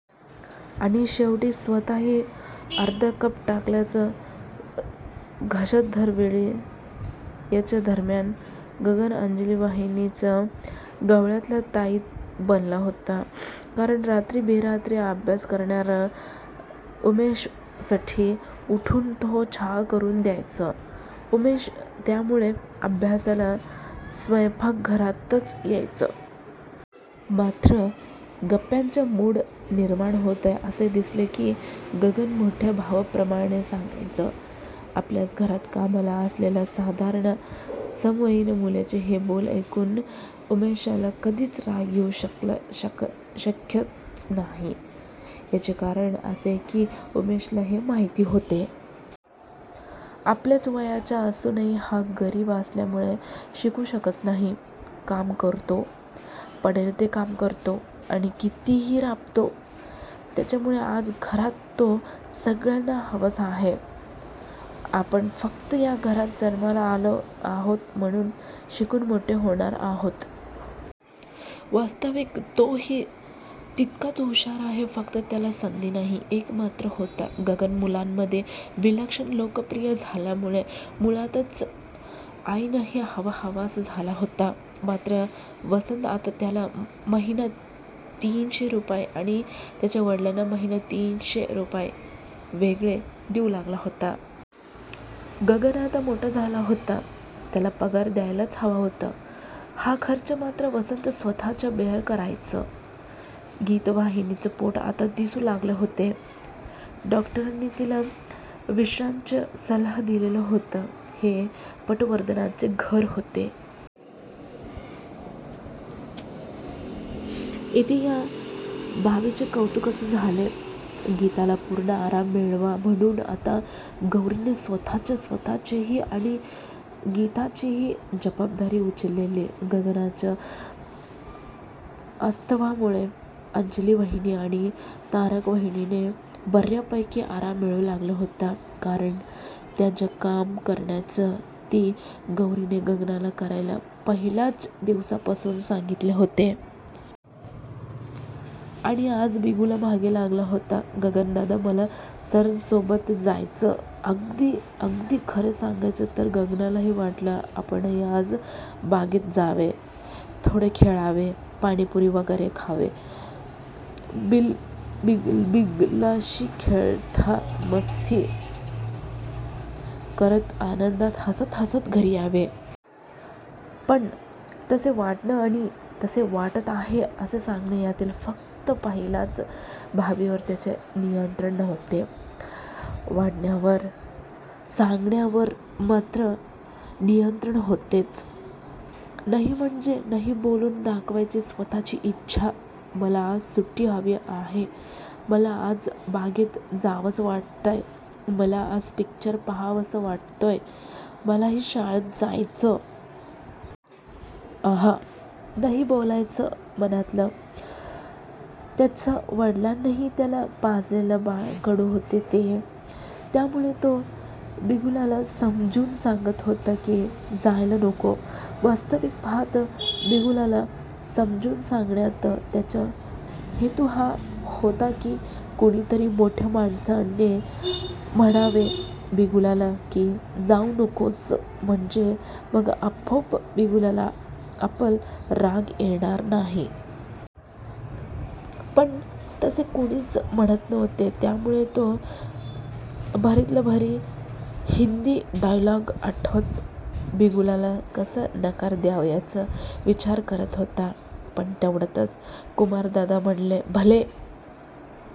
आणि शेवटी स्वतःही अर्धा कप ढकलायचा घशात दर वेळी याच दरम्यान गगन अंजली वहिनींच्या गळ्यातला ताईत बनला होता. कारण रात्री बेरात्री अभ्यास करणार्या उमेशसाठी उठून तो चहा करून द्यायचा. उमेश त्यामुळे अभ्यासाला स्वयंपाकघरातच यायचा! मात्र गप्पांचा मूड निर्माण होतोय असे दिसले की गगन मोठ्या भावाप्रमाणे सांगायचा. आपल्याच घरात कामाला असलेल्या साधारण समवयीन मुलाचे हे बोल ऐकून उमेशला कधीच राग येऊ शकायचा नाही. याचे कारण असे की उमेशला हे माहीत होते. आपल्याच वयाचा असूनही हा गरीब असल्यामुळे शिकू शकत नाही, काम करतो, पडेल ते काम करतो आणि कितीही राबतो. त्याचमुळे आज घरात तो सगळ्यांना हवासा आहे. आपण फक्त या घरात जन्माला आलो आहोत म्हणून शिकून मोठे होणार आहोत. वास्तविक तोही तितकाच हुषार आहे, फक्त त्याला संधी नाही. एक मात्र होतं! गगन मुलांमध्येही विलक्षण लोकप्रिय झाल्यामुळे मुळातच आयांनाही हवाहवासा झाला होता. मात्र वसंता आता त्याला महिना तीनशे रुपये आणि त्याच्या वडिलांना महिना तीनशे रुपये वेगळे देऊ लागला होता. गगन आता मोठा झाला होता. त्याला पगार द्यायलाच हवा होता. हा खर्च मत्र वसंता स्वतःच बेअर करायचा. गीतावहिनीचे पोट आता दिसू लागले होते. डॉक्टरांनी तिला विश्रान्तीचाच सल्ला दिलेला होता. हे पटवर्धनांचे घर होते. येथे या बाबीचे कौतुकच झाले. गीताला पूर्ण आराम मिळावा म्हणून आता गौरीने स्वतःच स्वतःचीही आणि गीताचीही जबाबदारी उचलली. गगनच्या अस्तित्वामुळे अंजली वहिनी आणि तारका वहिनींना बर्यापैकी आराम मिळू लागला होता. कारण त्या ज्या कामे करायच्या ती गौरीने गगनला करायला पहिल्याच दिवसापासून सांगितले होते. अणि आज बिगुल मागे लागला होता. गगनदादा मला सारसबागेत जायचंय. अगदी, अगदी खरे सांगायचे तर गगनलाही वाटले. आपणही आज बागेत जावे. थोडे खेळावे, पाणिपुरी वगैरे खावी, बिगुलशी खेळत, मस्ती करत आनंदात हासत हासत घरी यावे. पण तसे वाटणे आणि तसे वाटत आहे असे सांगणे यातील फक्त पहिल्याच बाबीवर त्याचे नियंत्रण नव्हते. वाटण्यावर! सांगण्यावर मात्र नियंत्रण होतेच! नाही म्हणजे नाही बोलून दाखवायची स्वतःची इच्छा! मला आज सुट्टी हवी आहे, मला आज बागेत जावसं वाटतंय, मला आज पिक्चर पाहावासा वाटतोय, मलाही शाळेत जायचंय! अंहं! नाही बोलायचं मनातलं! त्याच्या वडिलांनी त्याला पाजलेले बाळकडू होते ते त्यामुळे तो बिगुलला समजावून सांगत होता की जायला नको! वास्तविक पाहता बिगुलला समजावून सांगण्यात त्याचा हेतू हा होता की कुणीतरी मोठ्या माणसाने म्हणावे बिगुलला, की जाऊ नकोस म्हणजे मग आपोआप बिगुलला आपला राग येणार नाही. पण तसे कुणीच म्हणत नव्हते. त्यामुळे तो भारीतले भारी हिंदी डायलॉग आठवत बिगुलला कसा नकार द्यावा याचा विचार करत होता. पण तेवढ्यात कुमारदादा म्हणाले. भले